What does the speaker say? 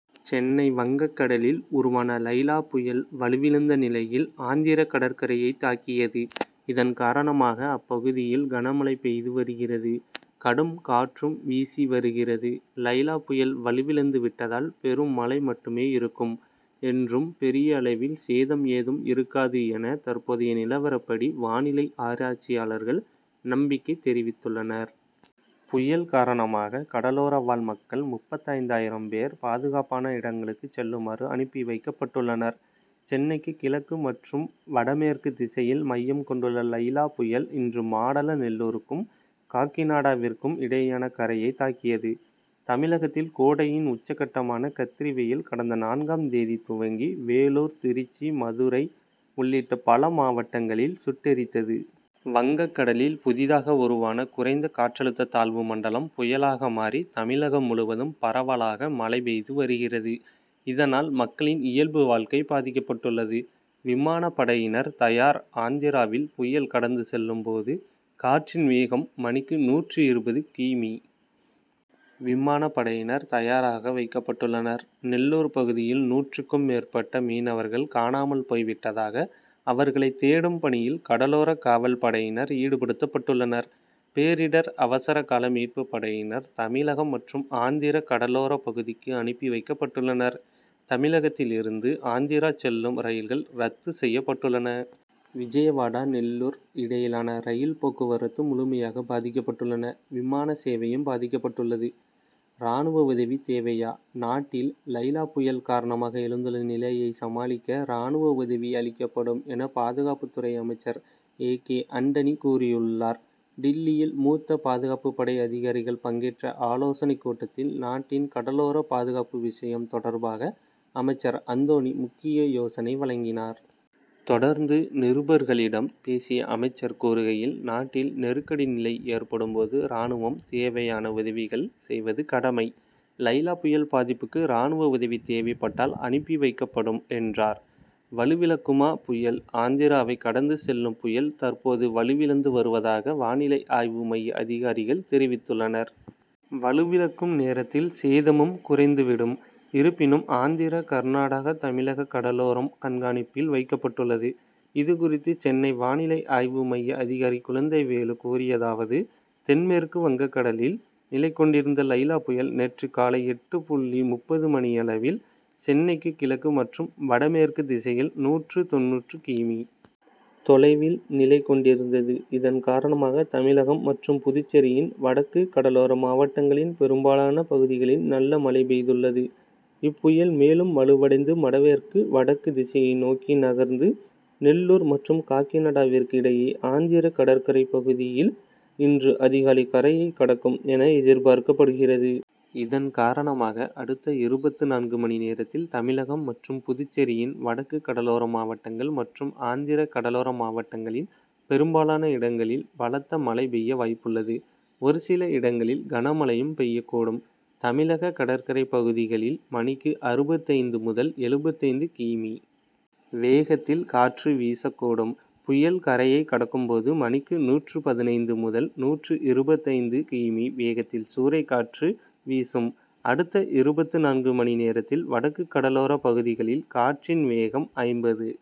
சென்னை வங்ககடலில் உருவான லைலா புயல் வலுவிழந்த நிலையில் ஆந்திர கடற்கரையை தாக்கியது. இதன் காரணமாக அப்பகுதியில் கனமழை பெய்து வருகிறது. கடும் காற்றும் வீசி வருகிறது. லைலா புயல் வலுவிழந்து விட்டதால் பெரும் மழை மட்டுமே இருக்கும் என்றும் பெரிய அளவில் சேதம் ஏதும் இருக்காது என தற்போதைய நிலவரப்படி வானிலை ஆராய்ச்சியாளர்கள் நம்பிக்கை தெரிவித்துள்ளனர். புயல் காரணமாக கடலோரவாழ் மக்கள் முப்பத்தைந்தாயிரம் பேர் பாதுகாப்பான இடங்களுக்கு செல்லுமாறு அனுப்பி வைக்கப்பட்டுள்ளனர். சென்னைக்கு கிழக்கு மற்றும் வடமேற்கு திசையில் மையம் கொண்டுள்ள லைலா புயல் இன்று மாடல நெல்லூருக்கும் காக்கிநாடாவிற்கும் இடையேயான கரையை தாக்கியது. தமிழகத்தில் கோடையின் உச்சகட்டமான கத்திரிவெயில் கடந்த நான்காம் தேதி துவங்கி வேலூர் திருச்சி மதுரை உள்ளிட்ட பல மாவட்டங்களில் சுட்டெரித்தது. வங்கக் கடலில் புதிதாக உருவான குறைந்த காற்றழுத்த தாழ்வு மண்டலம் புயலாக மாறி தமிழகம் முழுவதும் பரவலாக மழை பெய்து வருகிறது. இதனால் மக்களின் இயல்பு வாழ்க்கை பாதிக்கப்பட்டுள்ளது. விமான படையினர் தயார் ஆந்திராவில் புயல் கடந்து செல்லும்போது காற்றின் வேகம் மணிக்கு நூற்று இருபது கி.மீ. விமான படையினர் தயாராக வைக்கப்பட்டுள்ளனர். நெல்லூர் பகுதியில் நூற்றுக்கும் மேற்பட்ட மீனவர்கள் காணாமல் போய்விட்டதாக அவர்களை தேடும் பணியில் கடலோர காவல்படையினர் ஈடுபடுத்தப்பட்டுள்ளனர். பேரிடர் அவசர கால மீட்பு படையினர் தமிழகம் மற்றும் ஆந்திர கடலோர பகுதிக்கு அனுப்பி வைக்கப்பட்டுள்ளனர். தமிழகத்தில் இருந்து ஆந்திரா செல்லும் ரயில்கள் ரத்து செய்யப்பட்டுள்ளன. விஜயவாடா நெல்லூர் இடையிலான ரயில் போக்குவரத்து முழுமையாக பாதிக்கப்பட்டுள்ளன. விமான சேவையும் பாதிக்கப்பட்டுள்ளது. ராணுவ உதவி தேவையா நாட்டில் லைலா புயல் காரணமாக எழுந்துள்ள நிலையை சமாளிக்க ராணுவ உதவி அளிக்கப்படும் என பாதுகாப்பு துறை அமைச்சர் ஏ. கே. அண்டனி கூறியுள்ளார். டில்லியில் மூத்த பாதுகாப்பு படை அதிகாரிகள் பங்கேற்ற ஆலோசனை கூட்டத்தில் நாட்டின் கடலோர பாதுகாப்பு விஷயம் தொடர்பாக அமைச்சர் அந்தோணி முக்கிய யோசனை வழங்கினார். தொடர்ந்து நிருபர்களிடம் பேசிய அமைச்சர் கூறுகையில் நாட்டில் நெருக்கடி நிலை ஏற்படும் போது ராணுவம் தேவையான உதவிகள் செய்வது கடமை. லைலா புயல் பாதிப்புக்கு ராணுவ உதவி தேவைப்பட்டால் அனுப்பி வைக்கப்படும் என்றார். வலுவிழக்குமா புயல் ஆந்திராவை கடந்து செல்லும் புயல் தற்போது வலுவிழந்து வருவதாக வானிலை ஆய்வு மைய அதிகாரிகள் தெரிவித்துள்ளனர். வலுவிழக்கும் நேரத்தில் சேதமும் குறைந்து விடும். இருப்பினும் ஆந்திர கர்நாடக தமிழக கடலோரம் கண்காணிப்பில் வைக்கப்பட்டுள்ளது. இதுகுறித்து சென்னை வானிலை ஆய்வுமைய அதிகாரி குழந்தைவேலு கூறியதாவது தென்மேற்கு வங்கக்கடலில் நிலைகொண்டிருந்த லைலா புயல் நேற்று காலை எட்டு புள்ளி முப்பது மணியளவில் சென்னைக்கு கிழக்கு மற்றும் வடமேற்கு திசையில் நூற்று தொண்ணூறு கி.மீ. தொலைவில் நிலை கொண்டிருந்தது. இதன் காரணமாக தமிழகம் மற்றும் புதுச்சேரியின் வடக்கு கடலோர மாவட்டங்களின் பெரும்பாலான பகுதிகளில் நல்ல மழை பெய்துள்ளது. இப்புயல் மேலும் வலுவடைந்து வடமேற்கு வடக்கு திசையை நோக்கி நகர்ந்து நெல்லூர் மற்றும் காக்கிநாடாவிற்கு இடையே ஆந்திர கடற்கரை பகுதியில் இன்று அதிகாலை கரையை கடக்கும் என எதிர்பார்க்கப்படுகிறது. இதன் காரணமாக அடுத்த இருபத்துநான்கு மணி நேரத்தில் தமிழகம் மற்றும் புதுச்சேரியின் வடக்கு கடலோர மாவட்டங்கள் மற்றும் ஆந்திர கடலோர மாவட்டங்களின் பெரும்பாலான இடங்களில் பலத்த மழை பெய்ய வாய்ப்புள்ளது. ஒருசில இடங்களில் கனமழையும் பெய்யக்கூடும். தமிழக கடற்கரை பகுதிகளில் மணிக்கு அறுபத்தைந்து முதல் எழுபத்தைந்து கி.மீ. வேகத்தில் காற்று வீசக்கூடும். புயல் கரையை கடக்கும் போது மணிக்கு நூற்று பதினைந்து முதல் நூற்று இருபத்தைந்து கி.மீ. வேகத்தில் சூறைக்காற்று வீசும். அடுத்த இருபத்துநான்கு மணி நேரத்தில் வடக்கு கடலோர பகுதிகளில் காற்றின் வேகம் ஐம்பது.